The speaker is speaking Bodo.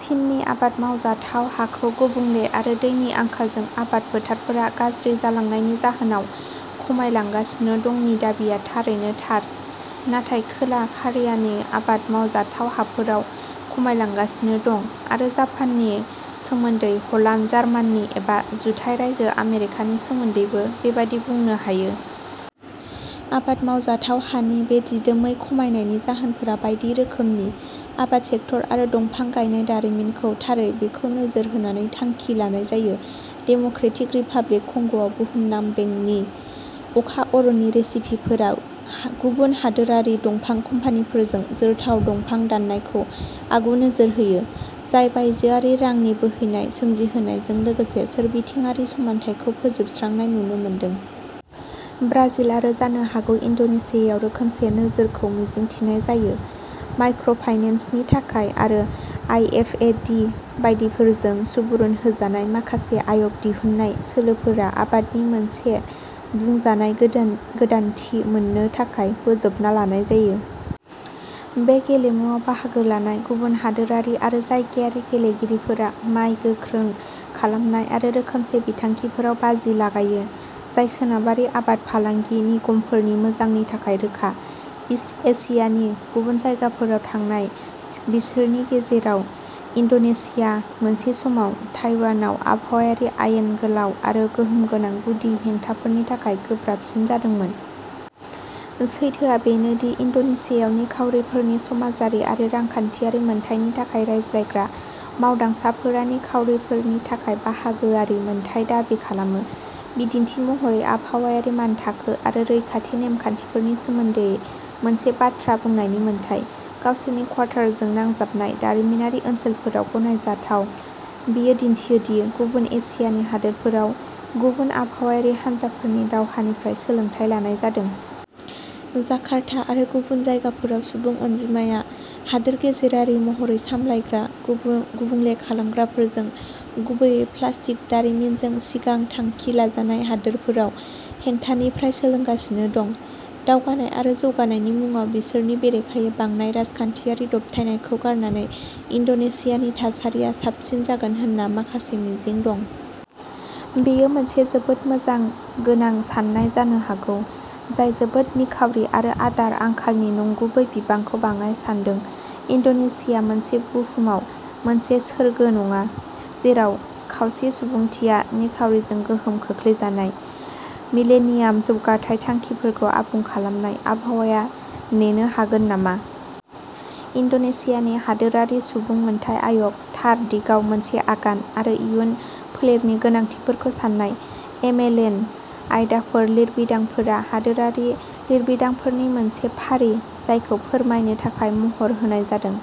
चीननि आबाद मावजाथाव हाखौ गुबुंले आरो दैनि आंखालजों आबाद फोथारफोरा गाज्रि जालांनायनि जाहोनाव खमायलांगासिनो दंनि दाबिआ थारैनो थार। नाथाय खोला करियानि आबाद मावजाथाव हाफोराबो खमायलांगासिनो दं। आरो जापाननि सोमोन्दै, हलान्द, जार्मानि एबा जुथाइ रायजो आमेरिकानि सोमोन्दैबो बेबादि बुंनो हायो। आबाद मावजाथाव हानि बे दिदोमै खमायनायनि जाहोनफोरा बायदि रोखोमनि। आबाद सेक्टर आरो दंफां गायनाय दारिमिनखौ थारै बेखौ नोजोर होनानै थांखि लानाय जायो। डेम'क्रेटिक रिपाब्लिक कंग'आव, बुहुमनां बेंकनि अखा अरननि रेसिपिफोरा गुबुन हादोरारि दंफां कम्पानिफोरजों जोरथाव दंफां दाननायखौ आगु नोजोर होयो, जाय बायजोआरि रांनि बोहैनाय सोमजिहोनायजों लोगोसे सोरबिथिंआरि समानथायखौ फोजोबस्रांनाय नुनो मोनदों। ब्राजिल आरो जानो हागौ, इन्ड'नेसियाव, रोखोमसे नोजोरखौ मिजिंथिनाय जायो। माइक्र' फाइनेन्सनि थाखाय आरो आइ एफ ए दि बायदिफोरजों सुबुरुन होजानाय माखासे आय'ग दिहुन्नाय सोलोफोरा आबादनि मोनसे बुंजानाय गोदानथि मोन्नो थाखाय बोजबना लानाय जायो। बे गेलेमुआव बाहागो लानाय गुबुन हादोरारि आरो जायगायारि गेलेगिरिफोरा माय गोख्रों खालामनाय आरो रोखोमसे बिथांखिफोराव बाजि लागायो, जाय सोनाबारि आबाद फालांगि निगमफोरनि मोजांनि थाखाय रोखा। इस्ट एसियानि गुबुन जायगाफोराव थांबाय, बिसोरनि गेजेराव इन्ड'नेशिया, मोनसे समाव ताइवानआव आबहावायारि आयेन गोलाव आरो गोहोमगोनां गुदि हेंथाफोरनि थाखाय गोब्राबसिन जादोंमोन। सैथोआ बेनोदि इन्ड'नेशियाआव निखावरिफोरनि समाजारि आरो रांखान्थियारि मोनथायनि थाखाय रायज्लायग्रा मावदांसाफोरा निखावरिफोरनि थाखाय बाहागोआरि मोन्थाइ दाबि खालामो, बिदिन्थि महरै आबहावायारि मानथाखो आरो रैखाथि नेमखान्थिफोरनि सोमोनदै मोनसे बाथ्रा बुंनायनि मोन्थाइ। गावसोरनि क्वार्टारजों नांजाबनाय दारिमिनारि ओनसोलफोराव गनायजाथाव, बेयो दिन्थियो दि गुबुन एसियानि हादोरफोराव गुबुन आबहावायारि हानजाफोरनि दावहानिफ्राय सोलोंथाय लानाय जादों। जाकार्ता आरो गुबुन जायगाफोराव सुबुं अनजिमाया हादोर गेजेरारि महरै सामलायग्रा गुबुंले खालामग्राफोरजों, गुबैयै प्लास्टिक दारिमिनजों सिगां थांखि लाजानाय हादोरफोराव हेंथानिफ्राय सोलोंगासिनो दं। दावगानाय आरो जौगानायनि मुंआव बिसोरनि बेरेखायै बांनाय राजखान्थियारि दबथायनायखौ गारनानै, इन्ड'नेसियानि थासारिया साबसिन जागोन होनना माखासे मिजिं दं। बेयो मोनसे जोबोद मिजिं गोनां सान्नाय जानो हागौ, जाय जोबोद निखावरि आरो आदार आंखालनि नंगुबै बिबांखौ बाङाइ सान्दों। इन्ड'नेसिया मोनसे बुहुमाव मोनसे सोरगो नङा जेराव खावसे सुबुंथिया निखावरिजों गोहोम खोख्लैजानाय। मिलेनियाम जौगाथाय थांखिफोरखौ आबुं खालामनायः आबहावाया नेनो हागोन नामा? इन्ड'नेसियानि हादोरारि सुबुं मोनथाय आय'गः थार दिगाव मोनसे आगान? आरो इयुन फोलेरनि गोनांथिफोरखौ सान्नाय। एमएलएन आयदाफोर लिरबिदांफोरा हादोरारि लिरबिदांफोरनि मोनसे फारि जायखौ फोरमायनो थाखाय महर होनाय जादों।